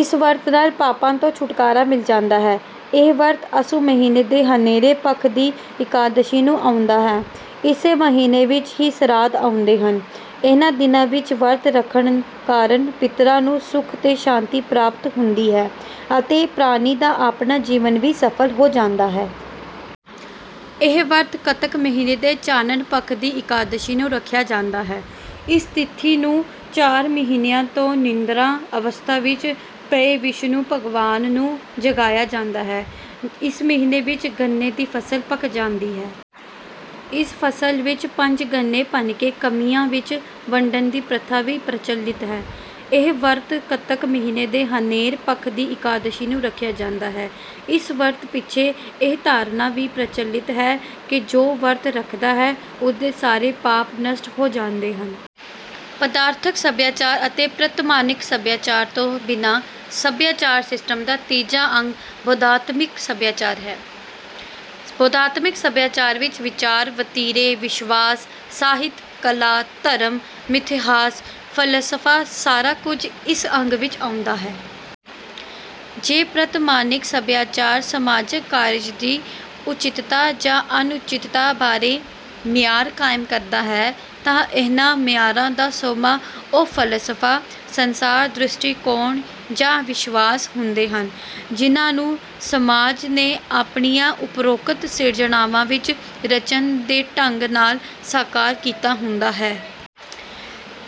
ਇਸ ਵਰਤ ਨਾਲ ਪਾਪਾਂ ਤੋਂ ਛੁਟਕਾਰਾ ਮਿਲ ਜਾਂਦਾ ਹੈ। ਇਹ ਵਰਤ ਅੱਸੂ ਮਹੀਨੇ ਦੇ ਹਨੇਰੇ ਪੱਖ ਦੀ ਇਕਾਦਸ਼ੀ ਨੂੰ ਆਉਂਦਾ ਹੈ। ਇਸੇ ਮਹੀਨੇ ਵਿੱਚ ਹੀ ਸਰਾਧ ਆਉਂਦੇ ਹਨ। ਇਹਨਾਂ ਦਿਨਾਂ ਵਿੱਚ ਵਰਤ ਰੱਖਣ ਕਾਰਨ ਪਿੱਤਰਾਂ ਨੂੰ ਸੁਖ ਤੇ ਸ਼ਾਂਤੀ ਪ੍ਰਾਪਤ ਹੁੰਦੀ ਹੈ ਅਤੇ ਪ੍ਰਾਣੀ ਦਾ ਆਪਣਾ ਜੀਵਨ ਵੀ ਸਫਲ ਹੋ ਜਾਂਦਾ ਹੈ। ਇਹ ਵਰਤ ਕੱਤਕ ਮਹੀਨੇ ਦੇ ਚਾਨਣ ਪੱਖ ਦੀ ਇਕਾਦਸ਼ੀ ਨੂੰ ਰੱਖਿਆ ਜਾਂਦਾ ਹੈ। ਇਸ ਤਿਥੀ ਨੂੰ ਚਾਰ ਮਹੀਨਿਆਂ ਤੋਂ ਨਿੰਦਰਾਂ ਅਵਸਥਾ ਵਿੱਚ ਪਏ ਵਿਸ਼ਨੂੰ ਭਗਵਾਨ ਨੂੰ ਜਗਾਇਆ ਜਾਂਦਾ ਹੈ। ਇਸ ਮਹੀਨੇ ਵਿੱਚ ਗੰਨੇ ਦੀ ਫਸਲ ਪੱਕ ਜਾਂਦੀ ਹੈ। ਇਸ ਫਸਲ ਵਿੱਚ ਪੰਜ ਗੰਨੇ ਭੰਨ ਕੇ ਕਮੀਆਂ ਵਿੱਚ ਵੰਡਣ ਦੀ ਪ੍ਰਥਾ ਵੀ ਪ੍ਰਚਲਿਤ ਹੈ। ਇਹ ਵਰਤ ਕੱਤਕ ਮਹੀਨੇ ਦੇ ਹਨੇਰ ਪੱਖ ਦੀ ਇਕਾਦਸ਼ੀ ਨੂੰ ਰੱਖਿਆ ਜਾਂਦਾ ਹੈ। ਇਸ ਵਰਤ ਪਿੱਛੇ ਇਹ ਧਾਰਨਾ ਵੀ ਪ੍ਰਚਲਿਤ ਹੈ ਕਿ ਜੋ ਵਰਤ ਰੱਖਦਾ ਹੈ ਉਹਦੇ ਸਾਰੇ ਪਾਪ ਨਸ਼ਟ ਹੋ ਜਾਂਦੇ ਹਨ। ਪਦਾਰਥਕ ਸਭਿਆਚਾਰ ਅਤੇ ਪ੍ਰਤਿਮਾਨਿਕ ਸਭਿਆਚਾਰ ਤੋਂ ਬਿਨਾਂ ਸਭਿਆਚਾਰ ਸਿਸਟਮ ਦਾ ਤੀਜਾ ਅੰਗ ਬੋਧਾਤਮਿਕ ਸਭਿਆਚਾਰ ਹੈ। ਬੋਧਾਤਮਿਕ ਸਭਿਆਚਾਰ ਵਿੱਚ ਵਿਚਾਰ, ਵਤੀਰੇ, ਵਿਸ਼ਵਾਸ, ਸਾਹਿਤ, ਕਲਾ, ਧਰਮ, ਮਿਥਿਹਾਸ, ਫ਼ਲਸਫ਼ਾ ਸਾਰਾ ਕੁਝ ਇਸ ਅੰਗ ਵਿੱਚ ਆਉਂਦਾ ਹੈ। ਜੇ ਪ੍ਰਤਿਮਾਨਿਕ ਸਭਿਆਚਾਰ ਸਮਾਜਕ ਕਾਰਜ ਦੀ ਉਚਿਤਤਾ ਜਾਂ ਅਣਉਚਿਤਤਾ ਬਾਰੇ ਮਿਆਰ ਕਾਇਮ ਕਰਦਾ ਹੈ ਤਾਂ ਇਹਨਾਂ ਮਿਆਰਾਂ ਦਾ ਸੋਮਾ ਉਹ ਫ਼ਲਸਫ਼ਾ, ਸੰਸਾਰ ਦ੍ਰਿਸ਼ਟੀਕੋਣ ਜਾਂ ਵਿਸ਼ਵਾਸ ਹੁੰਦੇ ਹਨ ਜਿਹਨਾਂ ਨੂੰ ਸਮਾਜ ਨੇ ਆਪਣੀਆਂ ਉੱਪਰੋਕਤ ਸਿਰਜਣਾਵਾਂ ਵਿੱਚ ਰਚਨ ਦੇ ਢੰਗ ਨਾਲ ਸਾਕਾਰ ਕੀਤਾ ਹੁੰਦਾ ਹੈ।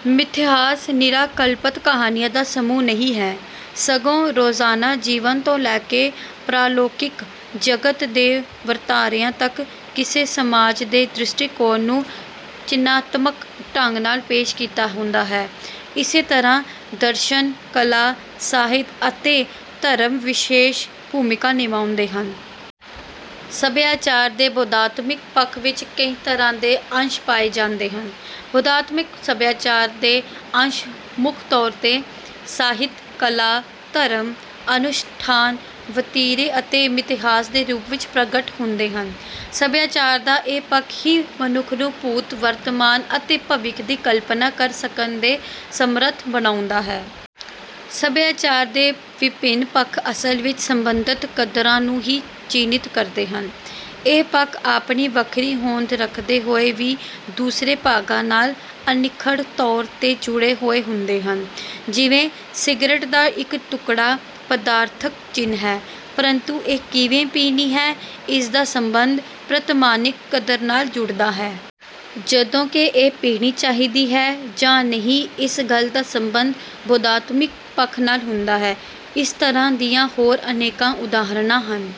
ਮਿਥਿਹਾਸ ਨਿਰਾ ਕਲਪਤ ਕਹਾਣੀਆਂ ਦਾ ਸਮੂਹ ਨਹੀਂ ਹੈ ਸਗੋਂ ਰੋਜ਼ਾਨਾ ਜੀਵਨ ਤੋਂ ਲੈ ਕੇ ਪਰਾਲੌਕਿਕ ਜਗਤ ਦੇ ਵਰਤਾਰਿਆਂ ਤੱਕ ਕਿਸੇ ਸਮਾਜ ਦੇ ਦ੍ਰਿਸ਼ਟੀਕੋਣ ਨੂੰ ਚਿੰਨ੍ਹਾਤਮਕ ਢੰਗ ਨਾਲ ਪੇਸ਼ ਕੀਤਾ ਹੁੰਦਾ ਹੈ। ਇਸੇ ਤਰ੍ਹਾਂ ਦਰਸ਼ਨ, ਕਲਾ, ਸਾਹਿਤ ਅਤੇ ਧਰਮ ਵਿਸ਼ੇਸ਼ ਭੂਮਿਕਾ ਨਿਭਾਉਂਦੇ ਹਨ। ਸਭਿਆਚਾਰ ਦੇ ਬੋਧਾਤਮਿਕ ਪੱਖ ਵਿੱਚ ਕਈ ਤਰ੍ਹਾਂ ਦੇ ਅੰਸ਼ ਪਾਏ ਜਾਂਦੇ ਹਨ। ਬੋਧਾਤਮਿਕ ਸਭਿਆਚਾਰ ਦੇ ਅੰਸ਼ ਮੁੱਖ ਤੌਰ 'ਤੇ ਸਾਹਿਤ, ਕਲਾ, ਧਰਮ, ਅਨੁਸ਼ਠਾਨ, ਵਤੀਰੇ ਅਤੇ ਮਿਥਿਹਾਸ ਦੇ ਰੂਪ ਵਿੱਚ ਪ੍ਰਗਟ ਹੁੰਦੇ ਹਨ। ਸਭਿਆਚਾਰ ਦਾ ਇਹ ਪੱਖ ਹੀ ਮਨੁੱਖ ਨੂੰ ਭੂਤ, ਵਰਤਮਾਨ ਅਤੇ ਭਵਿੱਖ ਦੀ ਕਲਪਨਾ ਕਰ ਸਕਣ ਦੇ ਸਮਰੱਥ ਬਣਾਉਂਦਾ ਹੈ। ਸਭਿਆਚਾਰ ਦੇ ਵਿਭਿੰਨ ਪੱਖ ਅਸਲ ਵਿੱਚ ਸੰਬੰਧਤ ਕਦਰਾਂ ਨੂੰ ਹੀ ਚਿੰਨ੍ਹਿਤ ਕਰਦੇ ਹਨ। ਇਹ ਪੱਖ ਆਪਣੀ ਵੱਖਰੀ ਹੋਂਦ ਰੱਖਦੇ ਹੋਏ ਵੀ ਦੂਸਰੇ ਭਾਗਾਂ ਨਾਲ ਅਨਿੱਖੜ ਤੌਰ 'ਤੇ ਜੁੜੇ ਹੋਏ ਹੁੰਦੇ ਹਨ। ਜਿਵੇਂ ਸਿਗਰਟ ਦਾ ਇੱਕ ਟੁਕੜਾ ਪਦਾਰਥਕ ਚਿੰਨ੍ਹ ਹੈ, ਪਰੰਤੂ ਇਹ ਕਿਵੇਂ ਪੀਣੀ ਹੈ ਇਸ ਦਾ ਸੰਬੰਧ ਪ੍ਰਤਿਮਾਨਿਕ ਕਦਰ ਨਾਲ ਜੁੜਦਾ ਹੈ। ਜਦੋਂ ਕਿ ਇਹ ਪੀਣੀ ਚਾਹੀਦੀ ਹੈ ਜਾਂ ਨਹੀਂ ਇਸ ਗੱਲ ਦਾ ਸੰਬੰਧ ਬੋਧਾਤਮਿਕ ਪੱਖ ਨਾਲ ਹੁੰਦਾ ਹੈ। ਇਸ ਤਰ੍ਹਾਂ ਦੀਆਂ ਹੋਰ ਅਨੇਕਾਂ ਉਦਾਹਰਨਾਂ ਹਨ।